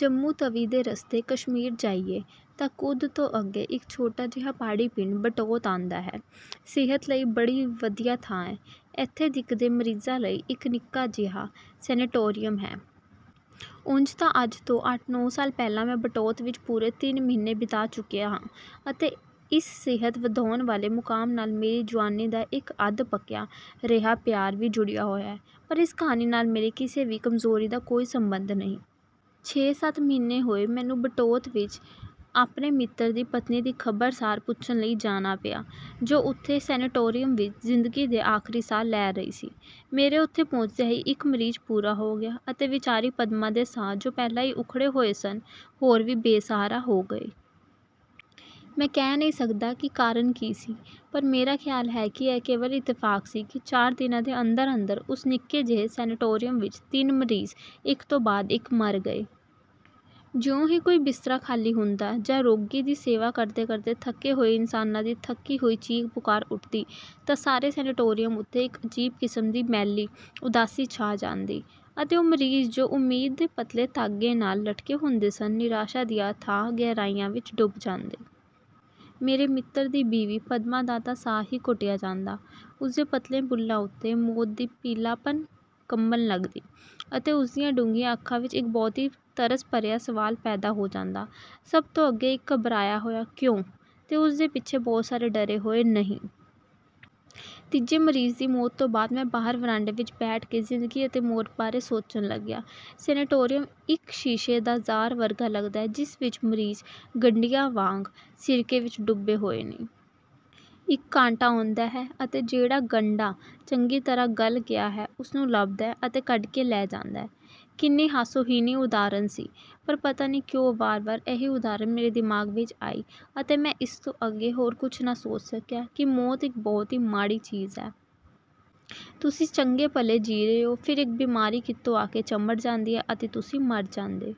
ਜੰਮੂ ਤਵੀ ਦੇ ਰਸਤੇ ਕਸ਼ਮੀਰ ਜਾਈਏ ਤਾਂ ਕੁਦ ਤੋਂ ਅੱਗੇ ਇੱਕ ਛੋਟਾ ਜਿਹਾ ਪਹਾੜੀ ਪਿੰਡ ਬਟੌਤ ਆਉਂਦਾ ਹੈ। ਸਿਹਤ ਲਈ ਬੜੀ ਵਧੀਆ ਥਾਂ ਹੈ। ਇੱਥੇ ਦਿੱਕ ਦੇ ਮਰੀਜ਼ਾਂ ਲਈ ਇੱਕ ਨਿੱਕਾ ਜਿਹਾ ਸੈਨੇਟੋਰੀਅਮ ਹੈ। ਉਂਝ ਤਾਂ ਅੱਜ ਤੋਂ ਅੱਠ-ਨੌਂ ਸਾਲ ਪਹਿਲਾਂ ਮੈਂ ਬਟੌਤ ਵਿੱਚ ਪੂਰੇ ਤਿੰਨ ਮਹੀਨੇ ਬਿਤਾ ਚੁੱਕਿਆ ਹਾਂ ਅਤੇ ਇਸ ਸਿਹਤ ਵਧਾਉਣ ਵਾਲੇ ਮੁਕਾਮ ਨਾਲ ਮੇਰੀ ਜੁਆਨੀ ਦਾ ਇੱਕ ਅੱਧ-ਪੱਕਿਆ ਰਿਹਾ ਪਿਆਰ ਵੀ ਜੁੜਿਆ ਹੋਇਆ ਹੈ ਪਰ ਇਸ ਕਹਾਣੀ ਨਾਲ ਮੇਰੀ ਕਿਸੇ ਵੀ ਕਮਜ਼ੋਰੀ ਦਾ ਕੋਈ ਸਬੰਧ ਨਹੀਂ। ਛੇ-ਸੱਤ ਮਹੀਨੇ ਹੋਏ ਮੈਨੂੰ ਬਟੌਤ ਵਿੱਚ ਆਪਣੇ ਇੱਕ ਮਿੱਤਰ ਦੀ ਪਤਨੀ ਦੀ ਖ਼ਬਰ ਸਾਰ ਪੁੱਛਣ ਲਈ ਜਾਣਾ ਪਿਆ ਜੋ ਉੱਥੇ ਸੈਨੇਟੋਰੀਅਮ ਵਿੱਚ ਜ਼ਿੰਦਗੀ ਦੇ ਆਖਰੀ ਸਾਹ ਲੈ ਰਹੀ ਸੀ। ਮੇਰੇ ਉੱਥੇ ਪਹੁੰਚਦਿਆਂ ਹੀ ਇੱਕ ਮਰੀਜ਼ ਪੂਰਾ ਹੋ ਗਿਆ ਅਤੇ ਵਿਚਾਰੀ ਪਦਮਾ ਦੇ ਸਾਹ ਜੋ ਪਹਿਲਾਂ ਹੀ ਉੱਖੜੇ ਹੋਏ ਸਨ ਹੋਰ ਵੀ ਬੇਸਹਾਰਾ ਹੋ ਗਏ। ਮੈਂ ਕਹਿ ਨਹੀਂ ਸਕਦਾ ਕਿ ਕਾਰਨ ਕੀ ਸੀ ਪਰ ਮੇਰਾ ਖਿਆਲ ਹੈ ਕਿ ਇਹ ਕੇਵਲ ਇਤਫਾਕ ਸੀ ਕਿ ਚਾਰ ਦਿਨਾਂ ਦੇ ਅੰਦਰ-ਅੰਦਰ ਉਸ ਨਿੱਕੇ ਜਿਹੇ ਸੈਨੇਟੋਰੀਅਮ ਵਿੱਚ ਤਿੰਨ ਮਰੀਜ਼ ਇੱਕ ਤੋਂ ਬਾਅਦ ਇੱਕ ਮਰ ਗਏ। ਜਿਉਂ ਹੀ ਕੋਈ ਬਿਸਤਰਾ ਖਾਲੀ ਹੁੰਦਾ ਜਾਂ ਰੋਗੀ ਦੀ ਸੇਵਾ ਕਰਦੇ ਕਰਦੇ ਥੱਕੇ ਹੋਏ ਇਨਸਾਨਾਂ ਦੀ ਥੱਕੀ ਹੋਈ ਚੀਕ-ਪੁਕਾਰ ਉੱਠਦੀ ਤਾਂ ਸਾਰੇ ਸੈਨੇਟੋਰੀਅਮ ਉੱਤੇ ਇੱਕ ਅਜੀਬ ਕਿਸਮ ਦੀ ਮੈਲੀ ਉਦਾਸੀ ਛਾ ਜਾਂਦੀ ਅਤੇ ਉਹ ਮਰੀਜ਼ ਜੋ ਉਮੀਦ ਦੇ ਪਤਲੇ ਧਾਗੇ ਨਾਲ ਲਟਕੇ ਹੁੰਦੇ ਸਨ ਨਿਰਾਸ਼ਾ ਦੀਆਂ ਅਥਾਹ ਗਹਿਰਾਈਆਂ ਵਿੱਚ ਡੁੱਬ ਜਾਂਦੇ। ਮੇਰੇ ਮਿੱਤਰ ਦੀ ਬੀਵੀ ਪਦਮਾ ਦਾ ਤਾਂ ਸਾਹ ਹੀ ਘੁੱਟਿਆ ਜਾਂਦਾ ਉਸਦੇ ਪਤਲੇ ਬੁੱਲ੍ਹਾਂ ਉੱਤੇ ਮੌਤ ਦੀ ਪੀਲਾਪਣ ਕੰਬਣ ਲੱਗਦੀ ਅਤੇ ਉਸਦੀਆਂ ਡੂੰਘੀਆਂ ਅੱਖਾਂ ਵਿੱਚ ਇੱਕ ਬਹੁਤ ਹੀ ਤਰਸ ਭਰਿਆ ਸਵਾਲ ਪੈਦਾ ਹੋ ਜਾਂਦਾ ਸਭ ਤੋਂ ਅੱਗੇ ਇੱਕ ਘਬਰਾਇਆ ਹੋਇਆ 'ਕਿਉਂ' ਤੇ ਉਸ ਦੇ ਪਿੱਛੇ ਬਹੁਤ ਸਾਰੇ ਡਰੇ ਹੋਏ 'ਨਹੀਂ'। ਤੀਜੇ ਮਰੀਜ਼ ਦੀ ਮੌਤ ਤੋਂ ਬਾਅਦ ਮੈਂ ਬਾਹਰ ਵਰਾਂਡੇ ਵਿੱਚ ਬੈਠ ਕੇ ਜ਼ਿੰਦਗੀ ਅਤੇ ਮੌਤ ਬਾਰੇ ਸੋਚਣ ਲੱਗਿਆ। ਸੈਨੇਟੋਰੀਅਮ ਇੱਕ ਸ਼ੀਸ਼ੇ ਦਾ ਜਾਰ ਵਰਗਾ ਲਗਦਾ ਹੈ ਜਿਸ ਵਿੱਚ ਮਰੀਜ਼ ਗੰਢਿਆਂ ਵਾਂਗ ਸਿਰਕੇ ਵਿੱਚ ਡੁੱਬੇ ਹੋਏ ਨੇ। ਇੱਕ ਕਾਂਟਾ ਆਉਂਦਾ ਹੈ ਅਤੇ ਜਿਹੜਾ ਗੰਢਾ ਚੰਗੀ ਤਰ੍ਹਾਂ ਗਲ ਗਿਆ ਹੈ ਉਸਨੂੰ ਲੱਭਦਾ ਹੈ ਅਤੇ ਕੱਢ ਕੇ ਲੈ ਜਾਂਦਾ ਹੈ। ਕਿੰਨੀ ਹਾਸੋਹੀਣੀ ਉਦਾਹਰਨ ਸੀ ਪਰ ਪਤਾ ਨਹੀਂ ਕਿਉਂ ਵਾਰ-ਵਾਰ ਇਹੀ ਉਦਾਹਰਨ ਮੇਰੇ ਦਿਮਾਗ ਵਿੱਚ ਆਈ ਅਤੇ ਮੈਂ ਇਸ ਤੋਂ ਅੱਗੇ ਹੋਰ ਕੁਝ ਨਾ ਸੋਚ ਸਕਿਆ ਕਿ ਮੌਤ ਇੱਕ ਬਹੁਤ ਹੀ ਮਾੜੀ ਚੀਜ਼ ਹੈ। ਤੁਸੀਂ ਚੰਗੇ ਭਲੇ ਜੀ ਰਹੇ ਹੋ ਫਿਰ ਇੱਕ ਬਿਮਾਰੀ ਕਿਤੋਂ ਆ ਕੇ ਚੰਬੜ ਜਾਂਦੀ ਹੈ ਅਤੇ ਤੁਸੀਂ ਮਰ ਜਾਂਦੇ